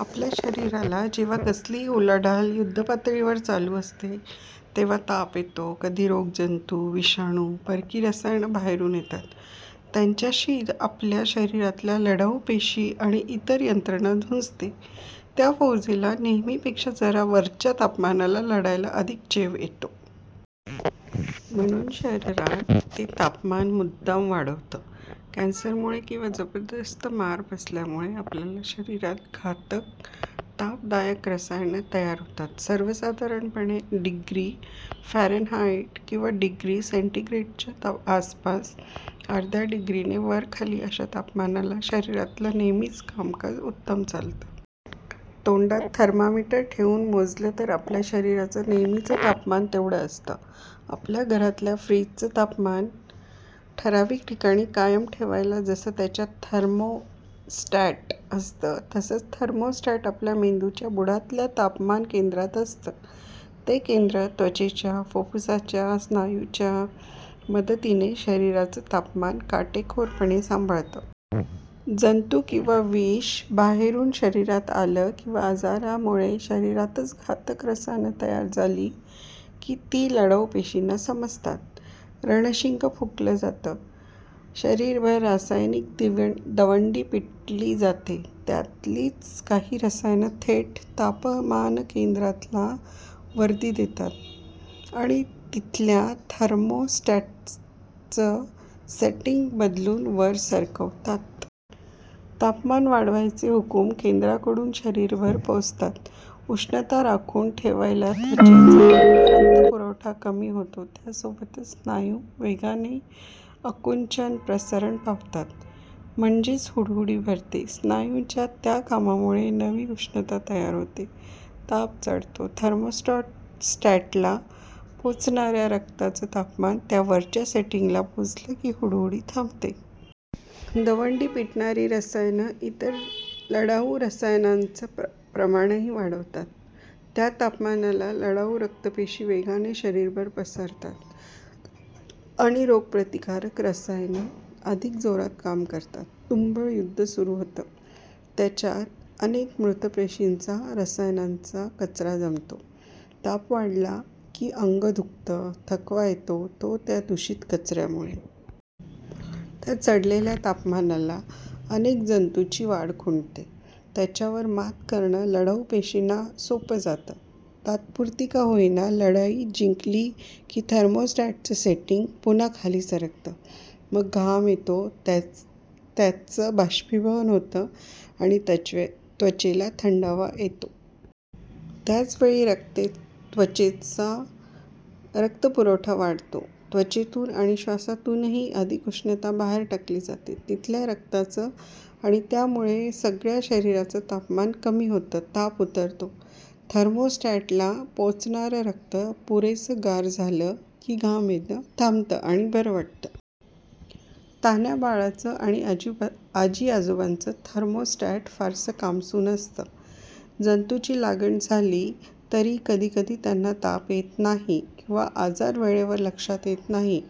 आपल्या शरीरात जेव्हा कसलीही उलाढाल युद्धपातळीवर चालू असते, तेव्हा ताप येतो. कधी रोगजंतू, विषाणू, परकी रसायनं बाहेरून येतात. त्यांच्याशी आपल्या शरीरातल्या लढाऊ पेशी आणि इतर यंत्रणा झुंजते. त्या फौजेला नेहमीपेक्षा जरा वरच्या तापमानाला लढायला अधिक चेव येतो. म्हणून शरीर ते तापमान मुद्दाम वाढवतं. कॅन्सरमुळे किंवा जबरदस्त मार बसल्यामुळे आपल्याच शरीरात घातक, 'ताप'दायक रसायनं तयार होतात. सर्वसाधारणपणे डिग्री फॅरेनहाइट किंवा डिग्री सेंटिग्रेडच्या आसपास, अर्ध्या डिग्रीने वरखाली अशा तापमानाला शरीरातलं नेहमीचं कामकाज उत्तम चालतं. तोंडात थर्मामीटर ठेवून मोजलं तर आपल्या शरीराचं नेहमीचं तापमान तेवढं असतं. आपल्या घरातल्या फ्रिजचं तापमान ठरावीक ठिकाणी कायम ठेवायला जसं त्याच्यात थर्मोस्टॅट असतं, तसंच थर्मोस्टॅट आपल्या मेंदूच्या बुडातल्या तापमानकेंद्रात असतं. ते केंद्र त्वचेच्या, फुप्फुसांच्या, स्नायूंच्या मदतीनं शरीराचं तापमान काटेकोरपणे सांभाळतं. जंतू किंवा विष बाहेरून शरीरात आलं, किंवा आजारामुळे शरीरातच घातक रसायनं तयार झाली की, ती लढाऊ पेशींना समजतात. रणशिंग फुंकलं जातं. शरीरभर रासायनिक दवंडी पिटली जाते. त्यातलीच काही रसायनं थेट तापमानकेंद्राला वर्दी देतात आणि तिथल्या थर्मोस्टॅटचं सेटिंग बदलून वर सरकवतात. तापमान वाढवायचे हुकूम केंद्राकडून शरीरभर पोचतात. उष्णता राखून ठेवायला त्वचेचा रक्तपुरवठा कमी होतो. त्यासोबतच स्नायू वेगाने आकुंचन-प्रसरण पावतात. म्हणजेच हुडहुडी भरते. स्नायूंच्या त्या कामामुळे नवी उष्णता तयार होते. ताप चढतो. थर्मोस्टॅटला पोचणाऱ्या रक्ताचं तापमान त्या वरच्या सेटिंगला पोचलं की हुडहुडी थांबते. दवंडी पिटणारी रसायनं इतर लढाऊ रसायनांचं प्रमाणही वाढवतात. त्या तापमानाला लढाऊ रक्तपेशी वेगाने शरीरभर पसरतात आणि रोगप्रतिकारक रसायनं अधिक जोरात काम करतात. तुंबळ युद्ध सुरू होतं, त्याच्यात अनेक मृत पेशींचा, रसायनांचा कचरा जमतो. ताप वाढला की, अंग दुखतं, थकवा येतो तो त्या दूषित कचऱ्यामुळे. त्या चढलेल्या तापमानाला अनेक जंतूंची वाढ खुंटते, त्यांच्यावर मात करणं लढाऊ पेशींना सोपं जातं. तात्पुरती का होईना, लढाई जिंकली की थर्मोस्टॅटचं सेटिंग पुन्हा खाली सरकतं. मग घाम येतो, त्याचं बाष्पीभवन होतं आणि त्वचेला थंडावा येतो. त्याच वेळी त्वचेचा रक्तपुरवठा वाढतो, त्वचेतून आणि श्वासातूनही अधिक उष्णता बाहेर टाकली जाते. तिथल्या रक्ताचं आणि त्यामुळे सगळ्या शरीराचं तापमान कमी होतं. ताप उतरतो. थर्मोस्टॅटला पोचणारं रक्त पुरेसं गार झालं की घाम येणं थांबतं आणि बरं वाटतं. तान्ह्या बाळांचं आणि आजीआजोबांचं थर्मोस्टॅट फारसं कामसू नसतं. जंतूंची लागण झाली तरी कधीकधी त्यांना ताप येत नाही आणि आजार वेळेवर लक्षात येत नाही.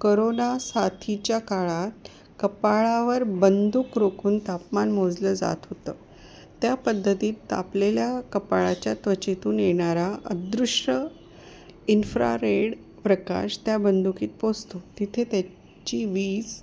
करोनासाथीच्या काळात कपाळावर बंदूक रोखून तापमान मोजलं जात होतं. त्या पद्धतीत तापलेल्या कपाळाच्या त्वचेतून येणारा, अदृश्य इन्फ्रारेड प्रकाश त्या बंदुकीत पोचतो. तिथे त्याची वीज